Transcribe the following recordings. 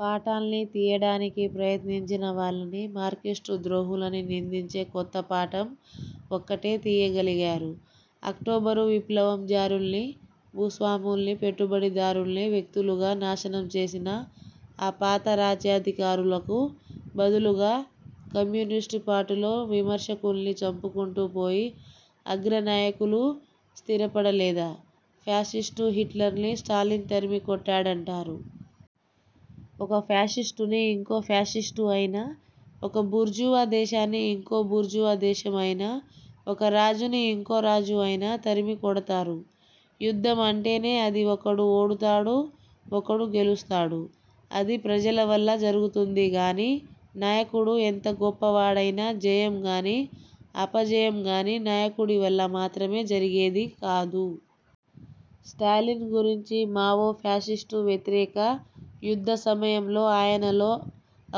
పాఠాల్ని తియ్యడానికి ప్రయత్నించిన వాళ్ళని, మార్క్సిస్టు ద్రోహులని నిందించే కొత్త పాఠం ఒక్కటే తియ్యగలిగారు. అక్టోబరు విప్లవం, జారుల్నీ, భూస్వాముల్నీ, పెట్టుబడిదారుల్నీ, వ్యక్తులుగా నాశనం చేసినా, ఆ పాత రాజ్యాధికారులకు బదులుగా, కమ్యూనిస్టు పార్టీలో విమర్శకుల్ని చంపుకుంటూ పోయి, అగ్ర నాయకులు స్తిరపడలేదా? 'ఫ్యాసిస్టు హిట్లర్ని స్టాలిన్ తరిమి కొట్టా' డంటారు. ఒక ఫ్యాసిస్టుని ఇంకో ఫ్యాసిస్టు అయినా, ఒక బుర్జువా దేశాన్ని ఇంకో బుర్జువా దేశం అయినా, ఒక రాజుని ఇంకో రాజు అయినా, తరిమి కొడతారు. యుద్ధం అంటేనే అది. ఒకడు ఓడుతాడు, ఒకడు గెలుస్తాడు. అది, ప్రజల వల్ల జరుగుతుంది గానీ, నాయకుడు ఎంత 'గొప్ప' వాడైనా, జయం గానీ, అపజయం గానీ, నాయకుడి వల్ల మాత్రమే జరిగేది కాదు. స్టాలిన్ గురించి మావో, ''ఫ్యాసిస్టు వ్యతిరేక యుద్ధ సమయంలో, ఆయనలో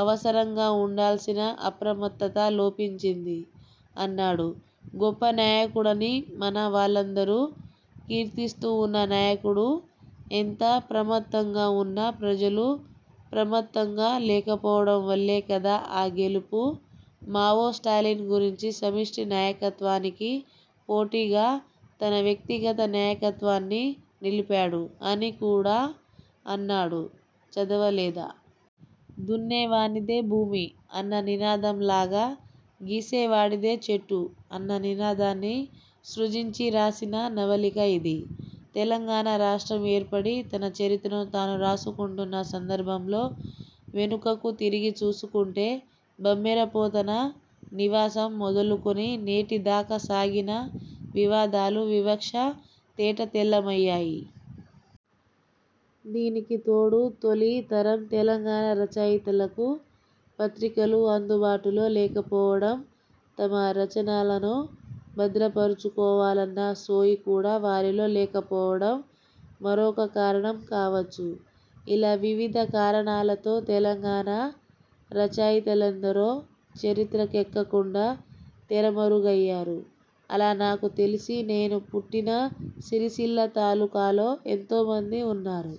అవసరంగా వుండాల్సిన అప్రమత్తత లోపించింది'' అన్నాడు. గొప్ప న్యాయకుడని మన వాళ్ళందరూ కీర్తిస్తూ వున్న న్యాయకుడు, ఎంత ప్రమత్తంగా వున్నా, ప్రజలు ప్రమత్తంగా లేకపోవడం వల్లే కదా ఆ గెలుపు! మావో, స్టాలిన్ గురించి, ''సమిష్టి న్యాయకత్వానికి పోటీగా, తన వ్యక్తిగత న్యాయకత్వాన్ని నిలిపాడు'' అని కూడా అన్నాడు, చదవలేదా? 'దున్నే వానిదే భూమి' అన్న నినాదంలాగా 'గీసే వాడిదే చెట్టు' అన్న నినాదాన్ని సృజించి రాసిన నవలిక ఇది. తెలంగాణా రాష్ట్రం ఏర్పడి, తన చరిత్రను తాను రాసుకుంటున్న సందర్భంలో వెనుకకు తిరిగి చూసుకుంటే, బమ్మెర పోతన నివాసం మొదలుకుని నేటి దాకా సాగిన వివాదాలు, వివక్ష తేటతెల్లమయ్యాయి. దీనికి తోడు తొలి తరం తెలంగాణా రచయితలకు పత్రికలు అందుబాటులో లేకపోవడం, తమ రచనలను భద్రపరచుకోవాలన్న సోయి కూడా వారిలో లేకపోవడం మరొక కారణం కావచ్చు. ఇలా వివిధ కారణాలతో తెలంగాణా రచయితలెందరో చరిత్రకెక్క కుండా తెరమరుగయ్యారు. అలా నాకు తెలిసి నేను పుట్టిన సిరిసిల్ల తాలూకాలో ఎంతోమంది ఉన్నారు.